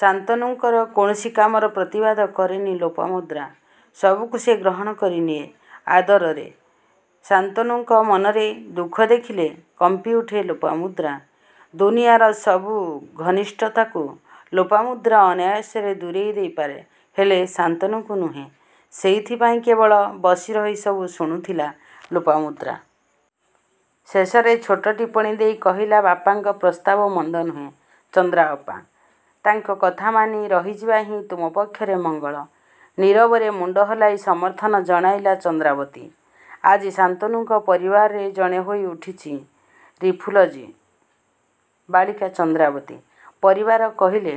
ଶାନ୍ତନୁଙ୍କର କୌଣସି କାମର ପ୍ରତିବାଦ କରେନି ଲୋପାମୁଦ୍ରା। ସବୁକୁ ସେ ଗ୍ରହଣ କରିନିଏ ଆଦରରେ। ଶାନ୍ତନୁଙ୍କ ମନରେ ଦୁଃଖ ଦେଖିଲେ କମ୍ପିଉଠେ ଲୋପାମୁଦ୍ରା। ଦୁନିଆଁର ସବୁ ଘନିଷ୍ଠତାକୁ ଲୋପାମୁଦ୍ରା ଅନାୟାସରେ ଦୂରେଇ ଦେଇପାରେ ହେଲେ ଶାନ୍ତନୁଙ୍କୁ ନୁହେଁ। ସେଇଥିପାଇଁ କେବଳ ବସିରହି ସବୁ ଶୁଣୁଥିଲା ଲୋପାମୁଦ୍ରା। ଶେଷରେ ଛୋଟ ଟିପ୍ପଣୀ ଦେଇ କହିଲା ବାପାଙ୍କ ପ୍ରସ୍ତାବ ମନ୍ଦ ନୁହେଁ ଚନ୍ଦ୍ରାଅପା! ତାଙ୍କ କଥା ମାନି ରହିଯିବା ହିଁ ତୁମ ପକ୍ଷରେ ମଙ୍ଗଳ। ନୀରବରେ ମୁଣ୍ତ ହଲାଇ ସମର୍ଥନ ଜଣାଇଲା ଚନ୍ଦ୍ରାବତୀ। ଆଜି ଶାନ୍ତନୁଙ୍କ ପରିବାରରେ ଜଣେ ହୋଇଉଠିଛି ରିଫୁଲଜି ବାଳିକା ଚନ୍ଦ୍ରାବତୀ। ପରିବାର କହିଲେ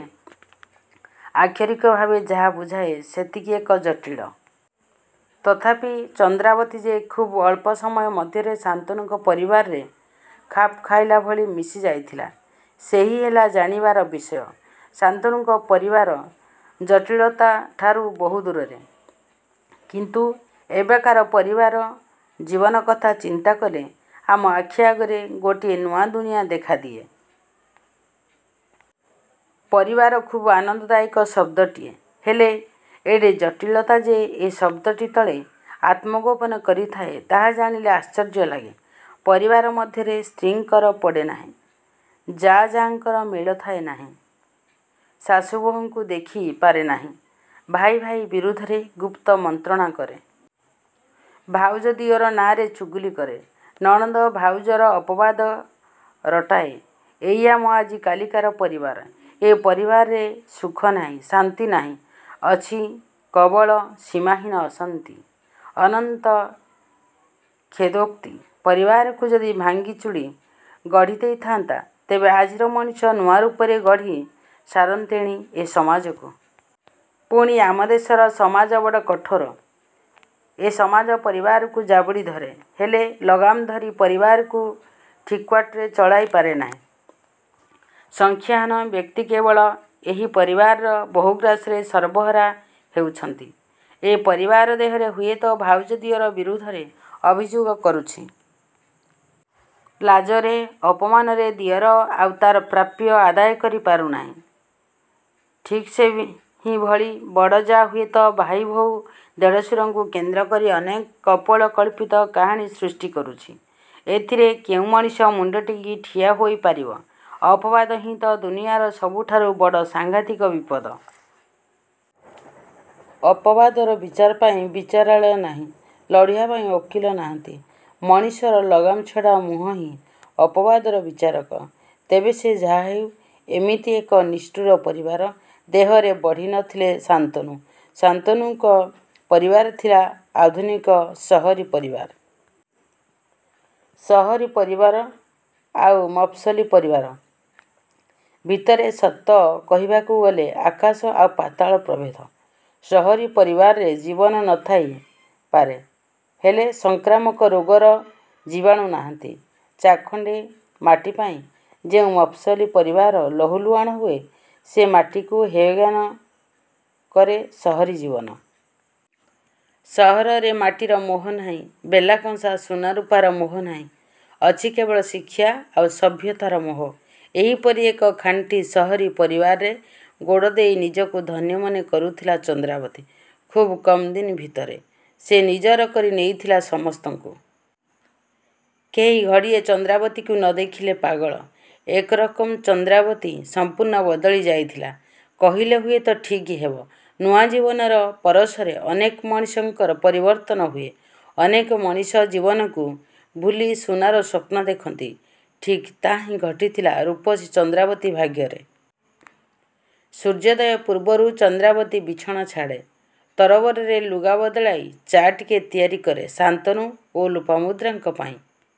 ଆକ୍ଷରିକ ଭାବେ ଯାହା ବୁଝାଏ ସେମିତି ଏକ ଜଟିଳ। ତଥାପି ଚନ୍ଦ୍ରାବତୀ ଯେ ଖୁବ୍ଅଳ୍ପ ସମୟ ମଧ୍ୟରେ ଶାନ୍ତନୁଙ୍କ ପରିବାରରେ ଖାପଖାଇଲା ଭଳି ମିଶି ଯାଇଥିଲା ସେହି ହେଲା ଜାଣିବାର ବିଷୟ। ଶାନ୍ତନଙ୍କ ପରିବାର ଜଟିଳତାଠାରୁ ବହୁ ଦୂରରେ କିନ୍ତି ଏବେକାର ପାରିବାରାକ ଜୀବନ କଥା ଚିନ୍ତା କଲେ ଆମ ଆଖି ଆଗରେ ଗୋଟିଏ ନୂଆ ଦୁନିଆଁ ଦେଖାଦିଏ। ପରିବାର ଖୁବ୍ ଆନନ୍ଦଦାୟକ ଶଦ୍ଦଟିଏ। ହେଲେ ଏଡ଼େ ଜଟିଳତା ଯେ ଏ ଶଦ୍ଦଟି ତଳେ ଆତ୍ମଗୋପନ କରିଥାଏ ତାହା ଜାଣିଲେ ଆଶ୍ଚର୍ଯ୍ୟ ଲାଗେ। ପରିବାର ମଧ୍ୟରେ ସ୍ତ୍ରୀଙ୍କର ପଡ଼େନାହିଁ। ଜା ଜାଙ୍କର ମେଳ ଥାଏନାହିଁ। ଶାଶୁ ବୋହୂକୁ ଦେଖି ପାରେନାହିଁ। ଭାଇ ଭାଇ ବିରୁଦ୍ଧରେ ଗୁପ୍ତ ମନ୍ତ୍ରଣା କରେ। ଭାଉଜ ଦିଅର ନାଁରେ ଚୁଗୁଲି କରେ। ନଣନ୍ଦ ଭାଉଜର ଅପବାଦ ରଟାଏ ଏଇ ଆମ ଆଜି କାଲିକାର ପରିବାର। ଏ ପରିବାରରେ ସୁଖ ନାହିଁ ଶାନ୍ତି ନାହିଁ ଅଛି କବଳ ସୀମାହୀନ ଅଶାନ୍ତି। ଅନନ୍ତ କ୍ଷେଦୋକ୍ତି। ପରିବାରକୁ ଯଦି ଭାଙ୍ଗି ଚୁଡି ଗଢି ହେଉଥାନ୍ତା ତେବେ ଆଜିର ମଣିଷ ନୂଆ ରୂପରେ ଗଢି ସାରନ୍ତେଣି ଏ ସମାଜକୁ। ପୁଣି ଆମ ଦେଶର ସମାଜ ବଡ କଠୋର। ଏ ସମାଜ ପରିବାରକୁ ଜାବୁଡ଼ି ଧରେ। ହେଲେ ଲଗାମ ଧରି ପରିବାରକୁ ଠିକ୍ବାଟରେ ଚଳାଇ ପାରେନାହିଁ। ସଂଖ୍ୟାହୀନ ବ୍ୟକ୍ତି କେବଳ ଏଇ ପରିବାରର ବହୁ ଗ୍ରାସରେ ସର୍ବହରା ହେଉଛନ୍ତି। ଏ ପରିବାର ଦେହରେ ହୁଏତ ଭାଉଜ ଦିଅର ବିରୁଦ୍ଧରେ ଅଭିଯୋଗ କରୁଛି। ଲାଜରେ ଅପମାନରେ ଦିଅର ଆଉ ତା'ର ପ୍ରାପ୍ୟ ଆଦାୟ କରି ପାରୁନାହିଁ। ଠିକ୍ସେହିଭଳି ବଡ଼ ଜା ହୁଏତ ଭାଇବୋହୂ ଦେଢ଼ଶୁରଙ୍କୁ କେନ୍ଦ୍ରକରି ଅନେକ କପୋଳ କଳ୍ପିତ କାହାଣୀ ସୃଷ୍ଟି କରୁଛି। ଏଥିରେ କେଉଁ ମଣିଷ ମୁଣ୍ତ ଟେକି ଠିଆ ହୋଇ ପାରିବ? ଅପବାଦ ହିଁ ତ ଦୁନିଆଁର ସବୁଠାରୁ ବଡ଼ ସାଂଘାତିକ ବିପଦ। ଅପବାଦର ବିଚାର ପାଇଁ ବିଚାରାଳୟ ନାହିଁ। ଲଢ଼ିବା ପାଇଁ ଓକିଲ ନାହାନ୍ତି ମଣିଷର ଲଗାମ୍ ଛଡ଼ା ମୁହଁ ହିଁ ଅପବାଦର ବିଚାରକ। ତେବେ ସେ ଯାହାହେଉ ଏମିତି ଏକ ନିଷ୍ଠୁର ପରିବାର ଦେହରେ ବଢ଼ି ନ ଥିଲେ ଶାନ୍ତନୁ। ଶାନ୍ତନୁଙ୍କ ପରିବାର ଥିଲା ଆଧୁନିକ ସହରୀ ପରିବାର। ସହରୀ ପରିବାର ଆଉ ମଫସଲୀ ପରିବାର ଭିତରେ ସତ କହିବାକୁ ଗଲେ ଆକାଶ ଆଉ ପାତାଳ ପ୍ରଭେଦ। ସହରୀ ପରିବାରରେ ଜୀବନ ନ ଥାଇ ପାରେ ହେଲେ ସଂକ୍ରାମକ ରୋଗର ଜୀବାଣୁ ନାହାଁନ୍ତି। ଚାଖଣ୍ତେ ମାଟିପାଇଁ ଯେଉଁ ମଫସଲୀ ପରିବାର ଲହୁ ଲୁହାଣ ହୁଏ ସେ ମାଟିକୁ ହେୟଜ୍ଞାନ କରେ ସହରୀ ଜୀବନ। ସହରରେ ମାଟିର ମୋହ ନାହିଁ ବେଲା, କଂସା, ସୁନା, ରୂପାର ମୋହ ନାହିଁ। ଅଛି କେବଳ ଶିକ୍ଷା ଆଉ ସଭ୍ୟତାର ମୋହ। ଏହିପରି ଏକ ଖାଣ୍ଟି ସହରୀ ପରିବାରରେ ଗୋଡ଼ ଦେଇ ନିଜକୁ ଧନ୍ୟ ମନେ କରୁଥିଲା ଚନ୍ଦ୍ରାବତୀ ଖୁବ୍ କମ୍ଦିନ ଭିତରେ ସେ ନିଜର କରି ନେଇଥିଲା ସମସ୍ତଙ୍କୁ। କେହି ଘଡ଼ିଏ ଚନ୍ଦ୍ରାବତୀକୁ ନ ଦେଖିଲେ ପାଗଳ। ଏକରକମ୍ଚନ୍ଦ୍ରାବତୀ ସମ୍ପୂର୍ଣ୍ଣ ବଦଳି ଯାଇଥିଲା କହିଲେ ହୁଏତ ଠିକ୍ ହେବ। ନୂଆ ଜୀବନର ପରଶରେ ଅନେକ ମଣିଷଙ୍କର ପରିବର୍ତ୍ତନ ହୁଏ। ଅନେକ ମଣିଷ ଜୀବନକୁ ଭୁଲି ସୁନାର ସ୍ୱପ୍ନ ଦେଖନ୍ତି। ଠିକ୍ ତାହା ହିଁ ଘଟିଥିଲା ରୂପସୀ ଚନ୍ଦ୍ରାବତୀ ଭାଗ୍ୟରେ। ସୂର୍ଯ୍ୟୋଦୟ ପୂର୍ବରୁ ଚନ୍ଦ୍ରାବତୀ ବିଛଣା ଛାଡ଼େ। ତରବରରେ ଲୁଗା ବଦଳାଇ ଚା' ଟିକେ ତିଆରି କରେ ଶାନ୍ତନୁ ଓ ଲୋପାମୁଦ୍ରାଙ୍କ ପାଇଁ।